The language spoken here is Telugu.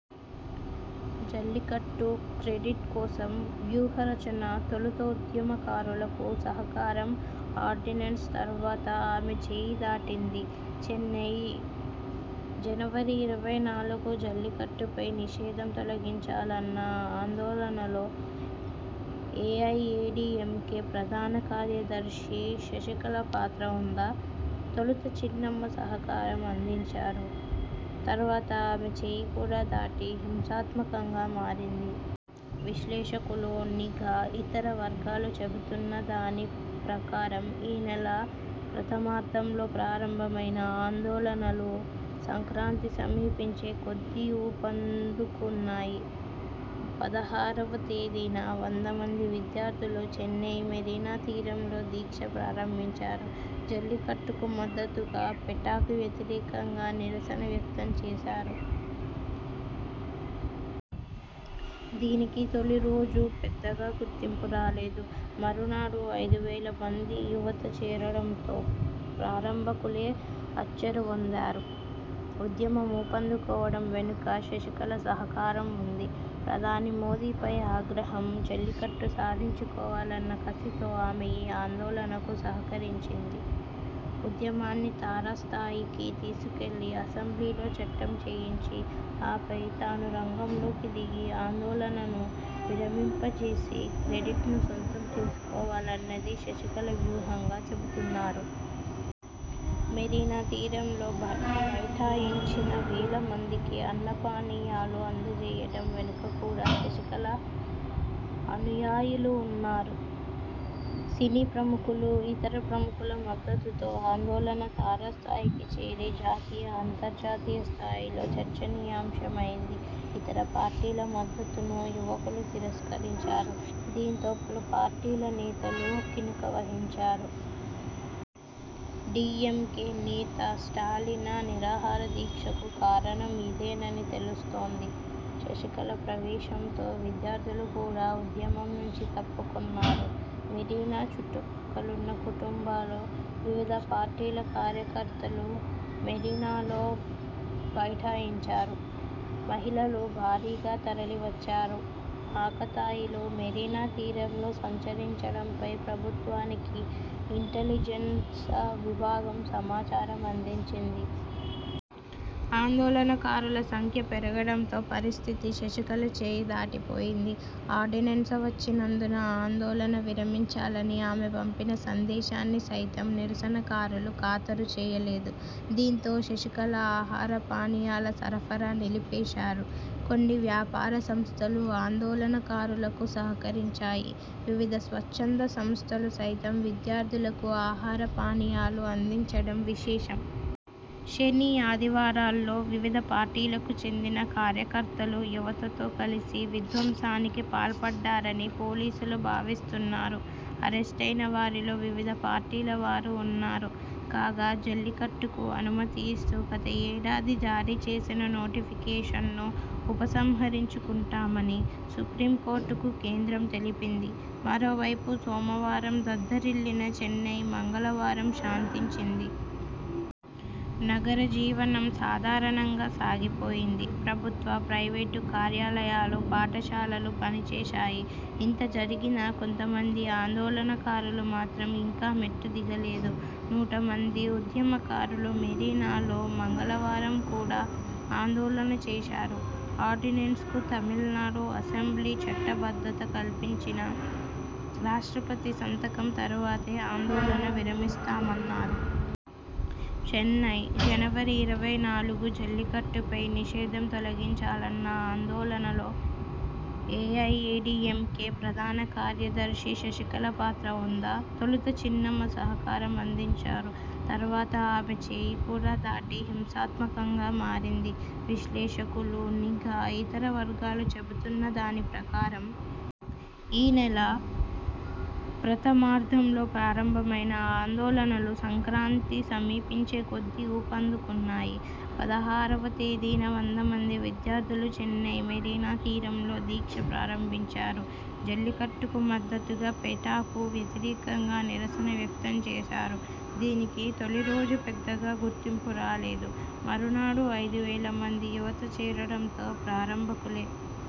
జల్లికట్టు 'క్రెడిట్' కోసం వ్యూహరచన తొలుత ఉద్యమకారులకు సహకారం ఆర్డినెన్స్ తర్వాత ఆమె చేయి దాటింది చెన్నై, జనవరి ఇరవై నాలుగు జల్లికట్టుపై నిషేధం తొలగించాలన్న ఆందోళనలో ఏఐఏడీఎంకే ప్రధాన కార్యద ర్శి శశికళ పాత్ర ఉందా? తొలుత చిన్నమ్మ సహకారం అం దించారు. తర్వాత ఆమె చేయి కూడా దాటి హింసాత్మ కంగా మారింది. విశ్లేషకులు, నిఘా, ఇతర వర్గాలు చెబుతున్న దాని ప్రకారం.. ఈ నెల ప్రథమార్థంలో ప్రారంభ మైన ఆందోళనలు సంక్రాంతి సమీపించే కొద్దీ ఊపందుకు న్నాయి. పదహారువ తేదీన వందమంది విద్యార్థులు చెన్నై మెరీనా తీరంలో దీక్ష ప్రారంభించారు. జల్లికట్టుకు మద్దతుగా, పెటాకు వ్యతిరేకంగా నిరసన వ్యక్తం చేశారు. దీనికి తొలిరోజు పెద్దగా గుర్తింపు రాలేదు. మరునాడు ఐదు వేల మంది యువత చేరడం తో ప్రారంభకులే అచ్చెరువొందారు. ఉద్యమం ఊపందుకోవడం వెనుక శశికళ సహకారం ఉంది. ప్రధాని మోదీపై ఆగ్రహం, జల్లికట్టు సాధించుకోవాలన్న కసితో ఆమె ఈ ఆందోళనకు సహకరించారు. ఉద్యమాన్ని తారస్థాయికి తీసుకెళ్లి, అసెంబ్లీలో చట్టం చేయించి, ఆపై తాను రంగంలోకి దిగి, ఆందోళనను విరమింపజేసి, క్రెడిట్ను సొంతం చేసుకోవాలన్నది శశికళ వ్యూహంగా చెబుతున్నారు. మెరీనా తీరంలో బైఠాయించిన వేల మందికి అన్నపానీయాలు అందజేయడం వెనుక కూడా శశికళ అనుయాయులు ఉన్నారు. సినీ ప్రముఖులు, ఇతర ప్రముఖుల మద్దతుతో ఆందోళన తారస్థాయికి చేరి జాతీయ, అంతర్జాతీయ స్థాయిలో చర్చనీయాంశమైంది. ఇతర పార్టీల మద్దతును యువకులు తిరస్కరించారు. దీంతో పలు పార్టీల నేతలు కినుక వహించారు. డీఎంకే నేత స్టాలిన నిరాహారదీక్షకు కారణం ఇదేనని తెలుస్తోంది. శశికళ ప్రవేశంతో విద్యార్థులు కూడా ఉద్య మం నుంచి తప్పుకొన్నారు. మెరీనా చుట్టుపక్కలున్న కుటుంబాలు, వివిధ పార్టీల కార్యకర్తలు మెరీనాలో బైఠాయించారు. మహిళలూ భారీగా తరలివచ్చారు. ఆకతాయిలు మెరీనా తీరంలో సంచరించడంపై ప్రభుత్వానికి ఇంటెలిజెన్స విభాగం సమాచారం అందించింది. ఆందోళనకారుల సం ఖ్య పెరగడంతో పరిస్థితి శశికళ చేయి దాటిపోయింది. ఆర్డినెన్స వచ్చినందున ఆందోళన విరమించాలని ఆమె పంపిన సందేశా న్ని సైతం నిరసనకారులు ఖాతరు చేయలేదు. దీంతో శశికళ ఆహారపానీయాల సరఫరా నిలిపేశారు. కొన్ని వ్యాపార సంస్థలూ ఆందోళనకారులకు సహకరించాయి. వివిధ స్వచ్ఛంద సంస్థలు సైతం విద్యార్థులకు ఆహారపానీయాలు అందించడం విశేషం. శని, ఆదివారాల్లో వివిధ పార్టీలకు చెందిన కార్యకర్తలు యువతతో కలిసి విధ్వంసానికి పాల్పడ్డారని పోలీసులు భావిస్తున్నారు. అరెస్టయిన వారిలో వివిధ పార్టీల వారు ఉన్నారు. కాగా, జల్లికట్టుకు అనుమతి ఇస్తూ గత ఏడాది జారీ చేసిన నోటిఫికేషన్ను ఉపసంహరించుకుంటామని సుప్రీంకోర్టుకు కేంద్రం తెలిపింది. మరోవైపు సోమవారం దద్దరిల్లిన చెన్నై మంగళవారం శాంతించింది. నగర జీవనం సాధారణంగా సాగిపోయింది. ప్రభు త్వ, ప్రైవేటు కార్యాలయాలు, పాఠశాలలు పనిచేశాయి. ఇంతజరిగినా కొంతమంది ఆందోళనకారులు మాత్రం ఇంకా మెట్టు దిగలేదు. నూట మంది ఉద్యమకారులు మెరీనాలో మంగళవారం కూడా ఆందోళన చేశారు. ఆర్డినెన్స్కు తమిళనాడు అసెంబ్లీ చట్టబద్ధత కల్పించినా రాష్ట్రపతి సంతకం తరువాతే ఆందోళన విరమిస్తామన్నారు. చెన్నై, జనవరి ఇరవై నాలుగు జల్లికట్టుపై నిషేధం తొలగించాలన్న ఆందోళనలో ఏఐఏడీఎంకే ప్రధాన కార్యద ర్శి శశికళ పాత్ర ఉందా? తొలుత చిన్నమ్మ సహకారం అం దించారు. తర్వాత ఆమె చేయి కూడా దాటి హింసాత్మ కంగా మారింది. విశ్లేషకులు, నిఘా, ఇతర వర్గాలు చెబుతున్న దాని ప్రకారం.. ఈ నెల ప్రథమార్థంలో ప్రారంభ మైన ఆందోళనలు సంక్రాంతి సమీపించే కొద్దీ ఊపందుకు న్నాయి. పదహారువ తేదీన వందమంది విద్యార్థులు చెన్నై మెరీనా తీరంలో దీక్ష ప్రారంభించారు. జల్లికట్టుకు మద్దతుగా, పెటాకు వ్యతిరేకంగా నిరసన వ్యక్తం చేశారు. దీనికి తొలిరోజు పెద్దగా గుర్తింపు రాలేదు. మరునాడు ఐదు వేల మంది యువత చేరడం తో ప్రారంభకులే